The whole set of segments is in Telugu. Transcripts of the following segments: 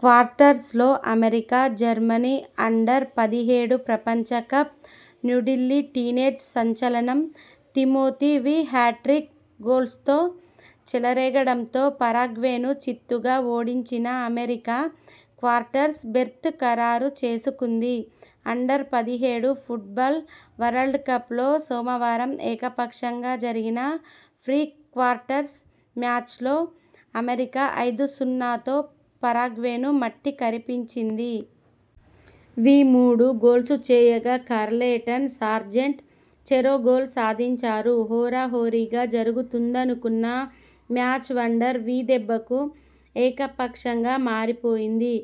క్వార్టర్స్లో అమెరికా, జర్మనీ అండర్ పదిహేడు ప్రపంచకప్ న్యూఢిల్లీ టీనేజ్ సంచలనం తిమోతి వీ హ్యాట్రిక్ గోల్స్తో చెలరేగడంతో పరాగ్వేను చిత్తుగా ఓడించిన అమెరికా క్వార్టర్స్ బెర్త్ ఖరారు చేసుకుంది. అండర్-పదిహేడు ఫుట్బాల్ వరల్డ్కప్లో సోమవారం ఏకపక్షంగా జరిగిన ప్రీ క్వార్టర్స్ మ్యాచ్లో అమెరికా ఐదు-సున్నాతో పరాగ్వేను మట్టికరిపించింది. వీ మూడు గోల్స్ చేయగా కార్లెటన్, సార్జెంట్ చెరో గోల్ సాధించారు. హోరాహోరీగా జరుగుతుందనుకున్న మ్యాచ్ వండర్ వీ దెబ్బకు ఏకపక్షంగా మారిపోయింది.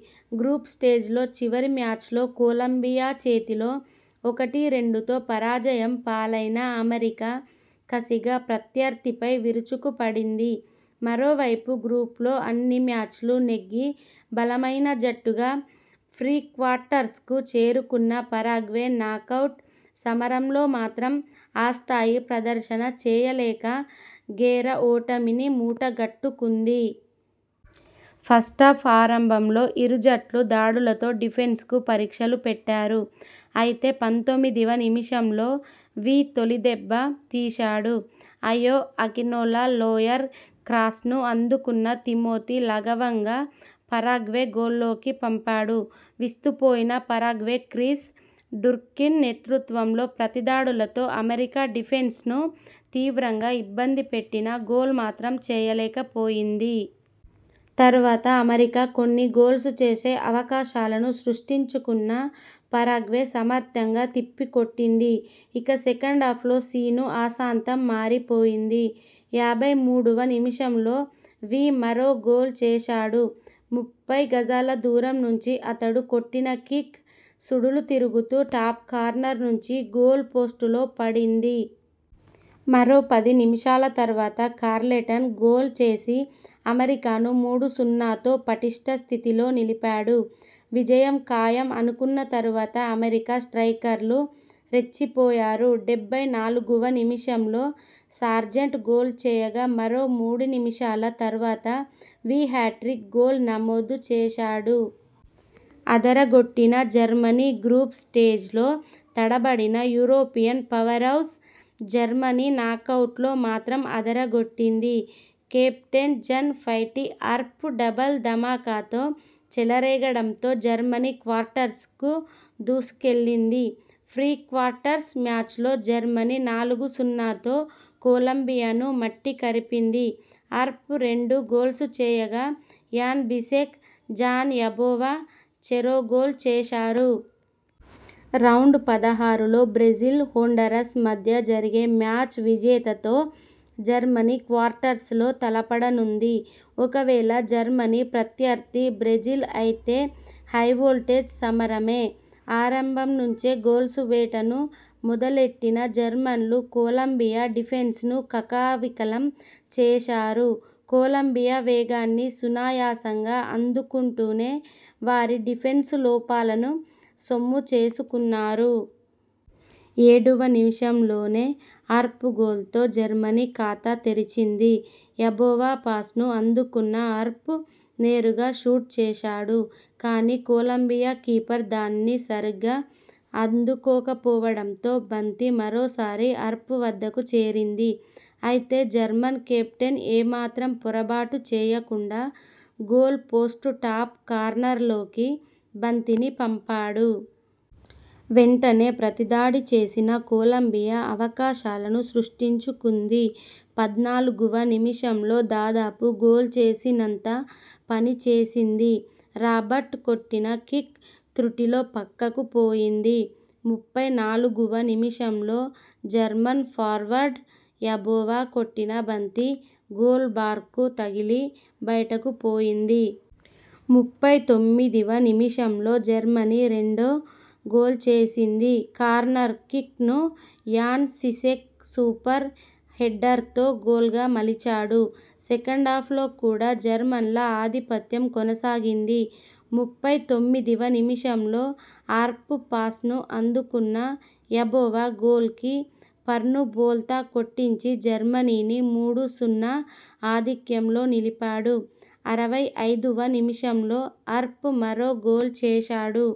గ్రూప్ స్టేజ్లో చివరి మ్యాచ్లో కొలంబియా చేతిలో ఒకటి-రెండుతో పరాజయం పాలైన అమెరికా కసిగా ప్రత్యర్థిపై విరుచుకుపడింది. మరోవైపు గ్రూప్లో అన్ని మ్యాచ్లూ నెగ్గి బలమైన జట్టుగా ప్రీ క్వార్టర్స్కు చేరుకున్న పరాగ్వే నాకౌట్ సమరంలో మాత్రం ఆస్థాయి ప్రదర్శన చేయలేక ఘోర ఓటమిని మూటగట్టుకుంది. ఫస్టాఫ్ ఆరంభంలో ఇరు జట్లూ దాడులతో డిఫెన్స్కు పరీక్షలు పెట్టారు. అయితే పంతొమ్మిదివ నిమిషంలో వీ తొలి దెబ్బ తీశాడు. అయో అకినోలా లోయర్ క్రాస్ను అందుకున్న తిమోతి లాఘవంగా పరాగ్వే గోల్లోకి పంపాడు. విస్తుపోయిన పరాగ్వే క్రిస్ డుర్కిన్ నేతృత్వంలో ప్రతి దాడులతో అమెరికా డిఫెన్స్ను తీవ్రంగా ఇబ్బంది పెట్టినా గోల్ మాత్రం చేయలేక పోయింది. తర్వాత అమెరికా కొన్ని గోల్స్ చేసే అవకాశాలను సృష్టించుకున్నా పరాగ్వే సమర్థంగా తిప్పికొట్టింది. ఇక సెకండాఫ్లో సీన్ ఆసాంతం మారిపోయింది. యాభై మూడువ నిమిషంలో వీ మరో గోల్ చేశాడు. ముప్పై గజాల దూరం నుంచి అతడు కొట్టిన కిక్ సుడులు తిరుగుతూ టాప్ కార్నర్ నుంచి గోల్ పోస్టులో పడింది. మరో పది నిమిషాల తర్వాత కార్లెటన్ గోల్ చేసి అమెరికాను మూడు-సున్నాతో పటిష్ట స్థితిలో నిలిపాడు. విజయం ఖాయం అనుకున్న తర్వాత అమెరికా స్ట్రయికర్లు రెచ్చిపోయారు. డెబ్బై నాలుగువ నిమిషంలో సార్జెంట్ గోల్ చేయగా మరో మూడు నిమిషాల తర్వాత వీ హ్యాట్రిక్ గోల్ నమోదు చేశాడు. అదరగొట్టిన జర్మనీ గ్రూప్ స్టేజ్లో తడబడిన యూరోపియన్ పవర్హౌస్ జర్మనీ నాకౌట్లో మాత్రం అదరగొట్టింది. కెప్టెన్ జన్-ఫైటీ అర్ప్ డబుల్ ధమాకాతో చెలరేగడంతో జర్మనీ క్వార్టర్స్కు దూసుకెళ్లింది. ప్రీ క్వార్టర్స్ మ్యాచ్లో జర్మనీ నాలుగు-సున్నాతో కొలంబియాను మట్టికరిపింది. అర్ప్ రెండు గోల్స్ చేయగా యాన్ బిసెక్, జాన్ యబోవా చెరో గోల్ చేశారు. రౌండ్-పదహారులో బ్రెజిల్, హోండరస్ మధ్య జరిగే మ్యాచ్ విజేతతో జర్మనీ క్వార్టర్స్లో తలపడనుంది. ఒకవేళ జర్మనీ ప్రత్యర్థి బ్రెజిల్ అయితే హైవోల్టేజ్ సమరమే! ఆరంభం నుంచే గోల్స్ వేటను మొదలెట్టిన జర్మన్లు కొలంబియా డిఫెన్స్ను కకావికలం చేశారు. కొలంబియా వేగాన్ని సునాయాసంగా అందుకుంటూనే వారి డిఫెన్స్ లోపాలను సొమ్ము చేసుకున్నారు. ఏడువ నిమిషంలోనే అర్ప్ గోల్తో జర్మనీ ఖాతా తెరిచింది. యబోవా పాస్ను అందుకున్న అర్ప్ నేరుగా షూట్ చేశాడు. కానీ కొలంబియా కీపర్ దానిని సరిగా అందుకోకపోవడంతో బంతి మరోసారి అర్ప్ వద్దకు చేరింది. అయితే జర్మన్ కెప్టెన్ ఏమాత్రం పొరబాటు చేయకుండా గోల్ పోస్టు టాప్ కార్నర్లోకి బంతిని పంపాడు. వెంటనే ప్రతి దాడి చేసిన కొలంబియా అవకాశాలను సృష్టించుకుంది పద్నాలుగువ నిమిషంలో దాదాపు గోల్ చేసినంత పని చేసింది. రాబర్ట్ కొట్టిన కిక్ త్రుటిలో పక్కకు పోయింది. ముప్పై నాలుగువ నిమిషంలో జర్మన్ ఫార్వర్డ్ యబోవా కొట్టిన బంతి గోల్ బార్కు తగిలి బయటకు పోయింది. ముప్పై తొమ్మిదివ నిమిషంలో జర్మనీ రెండో గోల్ చేసింది. కార్నర్ కిక్ను యాన్ సిసెక్ సూపర్ హెడ్డర్తో గోల్గా మలిచాడు. సెకండాఫ్లో కూడా జర్మన్ల ఆధిపత్యం కొనసాగింది. ముప్పై తొమ్మిదివ నిమిషంలో అర్ప్ పాస్ను అందుకున్న యబోవా గోల్ కీపర్ను బోల్తా కొట్టించి జర్మనీని మూడు-సున్నా ఆధిక్యంలో నిలిపాడు. అరవై ఐదువ నిమిషంలో అర్ప్ మరో గోల్ చేశాడు.